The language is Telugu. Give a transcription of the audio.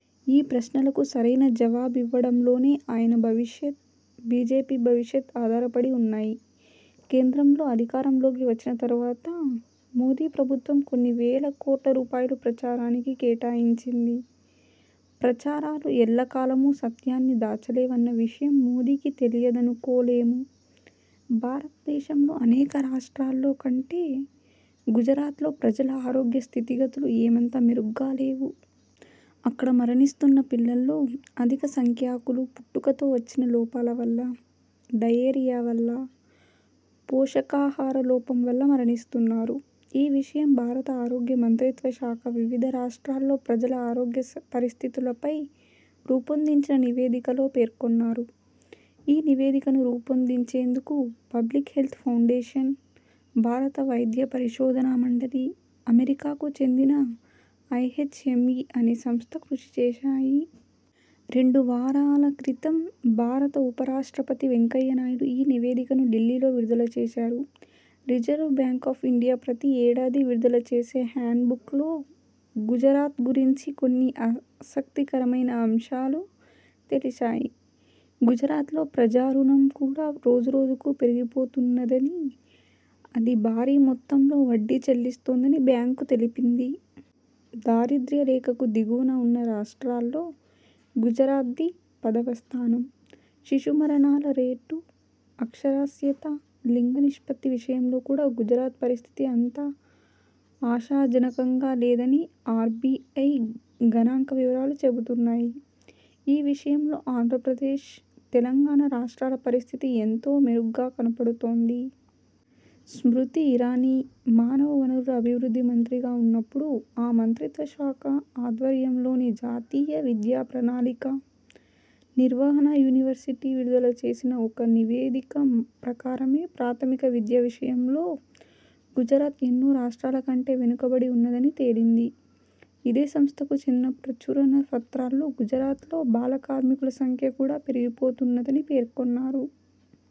ఈ ప్రశ్నలకు సరైన జవాబివ్వడంలోనే ఆయన భవిష్యత్, బీజేపీ భవిష్యత్ ఆధారపడి ఉన్నాయి. కేంద్రంలో అధికారంలోకి వచ్చిన తర్వాత మోదీ ప్రభుత్వం కొన్ని వేల కోట్ల రూపాయలు ప్రచారానికి కేటాయించింది. ప్రచారాలు ఎల్లకాలమూ సత్యాన్ని దాచలేవన్న విషయం మోదీకి తెలియదనుకోలేము. భారత దేశంలో అనేక రాష్ట్రాల్లో కంటే గుజరాత్లో ప్రజల ఆరోగ్య స్థితిగతులు ఏమంత మెరుగ్గా లేవు. అక్కడ మరణిస్తున్న పిల్లల్లో అధిక సంఖ్యాకులు పుట్టుకతో వచ్చిన లోపాల వల్ల, డయేరియా వల్ల, పోషకాహార లోపం వల్ల మరణిస్తున్నారు. ఈ విషయం భారత ఆరోగ్య మంత్రిత్వ శాఖ వివిధ రాష్ట్రాల్లో ప్రజల ఆరోగ్య పరిస్థితులపై రూపొందించిన నివేదికలో పేర్కొన్నారు. ఈ నివేదికను రూపొందించేందుకు పబ్లిక్ హెల్త్ ఫౌండేషన్, భారత వైద్య పరిశోధనా మండలి, అమెరికాకు చెందిన ఐహెచ్ఎంఈ అనే సంస్థ కృషి చేశాయి. రెండు వారాల క్రితం భారత ఉపరాష్ట్రపతి వెంకయ్యనాయుడు ఈ నివేదికను ఢిల్లీలో విడుదల చేశారు. రిజర్వు బ్యాంక్ ఆఫ్ ఇండియా ప్రతి ఏడాదీ విడుదల చేసే హ్యాండ్ బుక్లో గుజరాత్ గురించి కొన్ని ఆసక్తికరమైన అంశాలు తెలిశాయి. గుజరాత్లో ప్రజారుణం కూడా రోజురోజుకూ పెరిగిపోతున్నదని, అది భారీ మొత్తంలో వడ్డీ చెల్లిస్తోందని బ్యాంకు తెలిపింది. దారిద్ర్య రేఖకు దిగువన ఉన్న రాష్ట్రాల్లో గుజరాత్ది పదవ స్థానం. శిశుమరణాల రేటు, అక్షరాస్యత, లింగ నిష్పత్తి విషయంలో కూడా గుజరాత్ పరిస్థితి అంత ఆశాజనకంగా లేదని ఆర్బీఐ గణాంక వివరాలు చెబుతున్నాయి. ఈ విషయంలో ఆంధ్రప్రదేశ్, తెలంగాణ రాష్ట్రాల పరిస్థితి ఎంతో మెరుగ్గా కనపడుతోంది. స్మృతి ఇరానీ మానవ వనరుల అభివృద్ధి మంత్రిగా ఉన్నప్పుడు ఆ మంత్రిత్వ శాఖ ఆధ్వర్యంలోని జాతీయ విద్యా ప్రణాళిక, నిర్వహణ యూనివర్సిటీ విడుదల చేసిన ఒక నివేదిక ప్రకారమే ప్రాథమిక విద్య విషయంలో గుజరాత్ ఎన్నో రాష్ట్రాల కంటే వెనకబడి ఉన్నదని తేలింది. ఇదే సంస్థకు చెందిన ప్రచురణ పత్రాల్లో గుజరాత్లో బాల కార్మికుల సంఖ్య కూడా పెరిగిపోతున్నదని పేర్కొన్నారు.